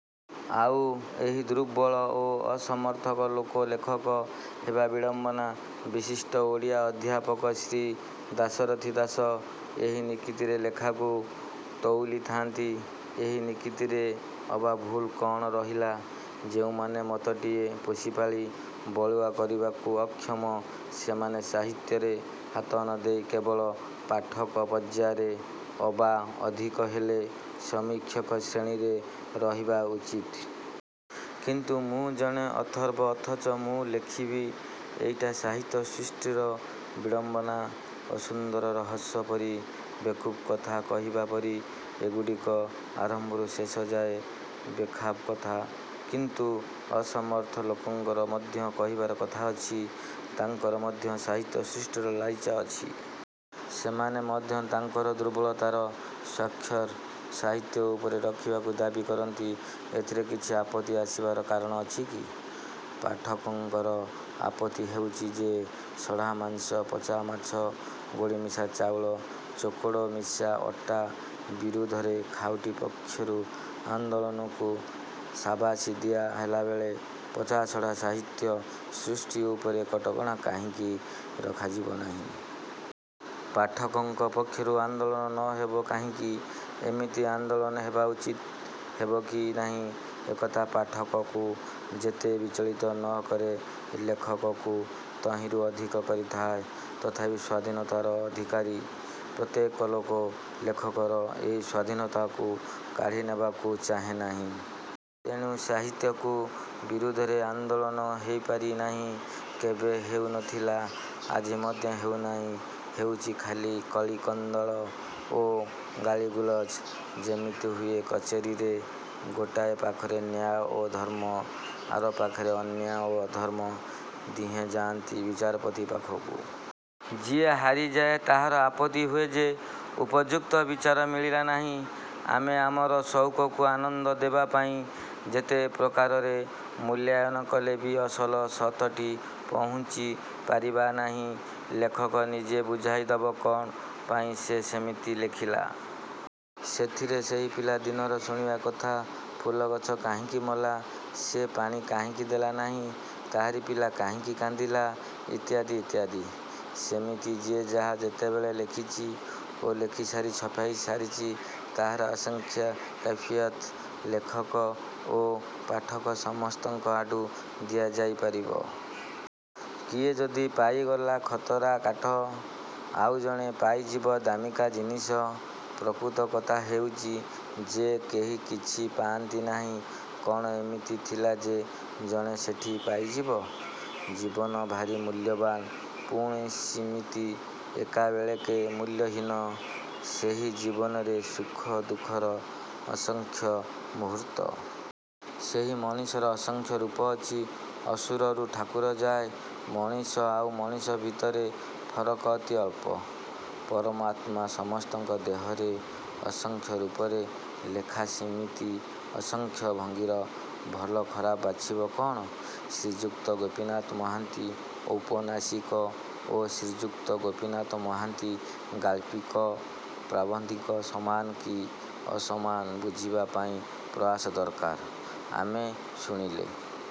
ଆଉ ଏହି ଦୁର୍ବଳ ଓ ଅସମର୍ଥ ଲୋକ ଲେଖକ ହେବା ବିଡ଼ମ୍ୱନା। ବିଶିଷ୍ଟ ଓଡ଼ିଆ ଅଧ୍ୟାପକ ଶ୍ରୀ ଦାଶରଥି ଦାସ ଏହି ନିକିତିରେ ଲେଖାକୁ ତଉଲିଥାନ୍ତି। ଏହି ନିକିତିରେ ଅବା ଭୁଲ କ'ଣ ରହିଲା? ଯେଉଁମାନେ ମତଟିଏ ପୋଷିପାଳି ବଳୁଆ କରିବାକୁ ଅକ୍ଷମ ସେମାନେ ସାହିତ୍ୟରେ ହାତ ନ ଦେଇ କେବଳ ପାଠକ ପର୍ଯ୍ୟାୟରେ ଅବା ଅଧିକ ହେଲେ, ସମୀକ୍ଷକ ଶ୍ରେଣୀରେ ରହିବା ଉଚିତ୍। କିନ୍ତୁ ମୁଁ ଜଣେ ଅଥର୍ବ ଅଥଚ ମୁଁ ଲେଖିବି–ଏଇଟା ସାହିତ୍ୟ ସୃଷ୍ଟିର ବିଡ଼ମ୍ୱନା। ଅସୁନ୍ଦରର ହସ ପରି। ବେକୁବ୍ର କଥା କହିବା ପରି–ଏଗୁଡ଼ିକ ଆରମ୍ଭରୁ ଶେଷଯାଏ ବେଖାପ କଥା। କିନ୍ତୁ ଅସମର୍ଥ ଲୋକଙ୍କର ମଧ୍ୟ କହିବାର କଥା ଅଛି। ତାଙ୍କର ମଧ୍ୟ ସାହିତ୍ୟ ସୃଷ୍ଟିର ଲାଳିଚା ଅଛି। ସେମାନେ ମଧ୍ୟ ତାଙ୍କର ଦୁର୍ବଳତାର ସ୍ୱାକ୍ଷର ସାହିତ୍ୟ ଉପରେ ରଖିବାକୁ ଦାବୀ କରନ୍ତି। ଏଥିରେ କିଛି ଆପତ୍ତି ଆସିବାର କାରଣ ଅଛି କି? ପାଠକଙ୍କର ଆପତ୍ତି ହେଉଛି ଯେ ସଢ଼ା ମାଂସ, ପଚା ମାଛ, ଗୋଡ଼ିମିଶା ଚାଉଳ, ଚୋକଡ଼ ମିଶା ଅଟା ବିରୁଦ୍ଧରେ ଖାଉଟି ପକ୍ଷରୁ ଆନ୍ଦୋଳନକୁ ସାବାସି ଦିଆ ହେଲାବେଳେ ପଚାସଢ଼ା ସାହିତ୍ୟ ସୃଷ୍ଟି ଉପରେ କଟକଣା କାହିଁକି ରଖାଯିବ ନାହିଁ? ପାଠକଙ୍କ ପକ୍ଷରୁ ଆନ୍ଦୋଳନ ନ ହେବ କାହିଁକି? ଏମିତି ଆନ୍ଦୋଳନ ହେବା ଉଚିତ୍ ହେବ କି ନାହିଁ–ଏକଥା ପାଠକକୁ ଯେତେ ବିଚଳିତ ନ କରେ ଲେଖକକୁ ତହିଁରୁ ଅଧିକ କରିଥାଏ। ତଥାପି ସ୍ୱାଧୀନତାର ଅଧିକାରି ପ୍ରତ୍ୟେକ ଲୋକ ଲେଖକର ଏହି ସ୍ୱାଧୀନତାକୁ କାଢ଼ି ନେବାକୁ ଚାହେଁ ନାହିଁ। ତେଣୁ ସାହିତ୍ୟିକ ବିରୁଦ୍ଧରେ। ଆନ୍ଦୋଳନ ହେଇପାରି ନାହିଁ। କେବେ ହେଇ ନ ଥିଲା–ଆଜି ମଧ୍ୟ ହେଉ ନାହିଁ। ହେଉଛି ଖାଲି କଳିକନ୍ଦଳ ଓ ଗାଳିଗୁଲଜ–ଯେମିତି ହୁଏ କଚେରୀରେ। ଗୋଟାଏ ପାଖରେ ନ୍ୟାୟ ଓ ଧର୍ମ। ଆର ପାଖରେ ଅନ୍ୟାୟ ଓ ଅଧର୍ମ। ଦିହେଁ ଯାଆନ୍ତି ବିଚାରପତି ପାଖକୁ-। ଯିଏ ହାରିଯାଏ ତାହାର ଆପତ୍ତି ହୁଏ ଯେ ଉପଯୁକ୍ତ ବିଚାର ମିଳିଲା ନାହିଁ। ଆମେ ଆମର ସଉକକୁ ଆନନ୍ଦ ଦେବା ପାଇଁ ଯେତେ ପ୍ରକାରରେ ମୂଲ୍ୟାୟନ କଲେ ବି ଅସଲ ସତଠି ପହୁଞ୍ଚି ପାରିବା ନାହିଁ। ଲେଖକ ନିଜେ ବୁଝାଇଦବ କ'ଣ ପାଇଁ ସେ ସେମିତି ଲେଖିଲା। ସେଥିରେ ସେହି ପିଲା ଦିନର ଶୁଣିବା କଥା– ଫୁଲ ଗଛ କାହିଁକି ମଲା? ସେ ପାଣି କାହିଁକି ଦେଲା ନାହିଁ? ତାହାରି ପିଲା କାହିଁକି କାନ୍ଦିଲା ଇତ୍ୟାଦି ଇତ୍ୟାଦି। ସେମିତି ଯିଏ ଯାହା ଯେତେବେଳେ ଲେଖିଛି ଓ ଲେଖିସାରି ଛପାଇ ସାରିଛି ତାହାର ଅସଂଖ୍ୟ କୈଫିୟତ ଲେଖକ ଓ ପାଠକ ସମସ୍ତଙ୍କ ଆଡ଼ୁ ଦିଆଯାଇ ପାରିବ। କିଏ ଯଦି ପାଇଗଲା ଖତରା କାଠ ଆଉ ଜଣେ ପାଇଯିବ ଦାମିକା ଜିନିସ। ପ୍ରକୃତ କଥା ହେଉଛି ଯେ କେହି କିଛି ପାଆନ୍ତି ନାହିଁ। କ'ଣ ଏମିତି ଥିଲା ଯେ ଜଣେ ସେଠି ପାଇଯିବ। ଜୀବନ ଭାରି ମୂଲ୍ୟବାନ୍–ପୁଣି ସେମିତି ଏକାବେଳେକେ ମୂଲ୍ୟହୀନ। ସେହି ଜୀବନରେ ସୁଖ ଦୁଃଖର ଅସଂଖ୍ୟ ମୂହୂର୍ତ୍ତ। ସେହି ମଣିଷର ଅସଂଖ୍ୟ ରୂପ ଅଛି–ଅସୁରରୁ ଠାକୁର ଯାଏ। ମଣିଷ ଆଉ ମଣିଷ ଭିତରେ ଫରକ୍ ଅତି ଅଳ୍ପ। ପରମାତ୍ମା ସମସ୍ତଙ୍କ ଦେହରେ ଅସଂଖ୍ୟ ରୂପରେ। ଲେଖା ସେମିତି ଅସଂଖ୍ୟ ଭଙ୍ଗୀର। ଭଲ ଖରାପ ବାଛିବ କ'ଣ? ଶ୍ରୀଯୁକ୍ତ ଗୋପୀନାଥ ମହାନ୍ତି ଔପନ୍ୟାସିକ ଓ ଶ୍ରୀଯୁକ୍ତ ଗୋପୀନାଥ ମହାନ୍ତି ଗାଳ୍ପିକ, ପ୍ରାବନ୍ଧିକ ସମାନ କି ଅସମାନ ବୁଝିବା ପାଇଁ ପ୍ରୟାସ ଦରକାର। ଆମେ ଶୁଣିଲେ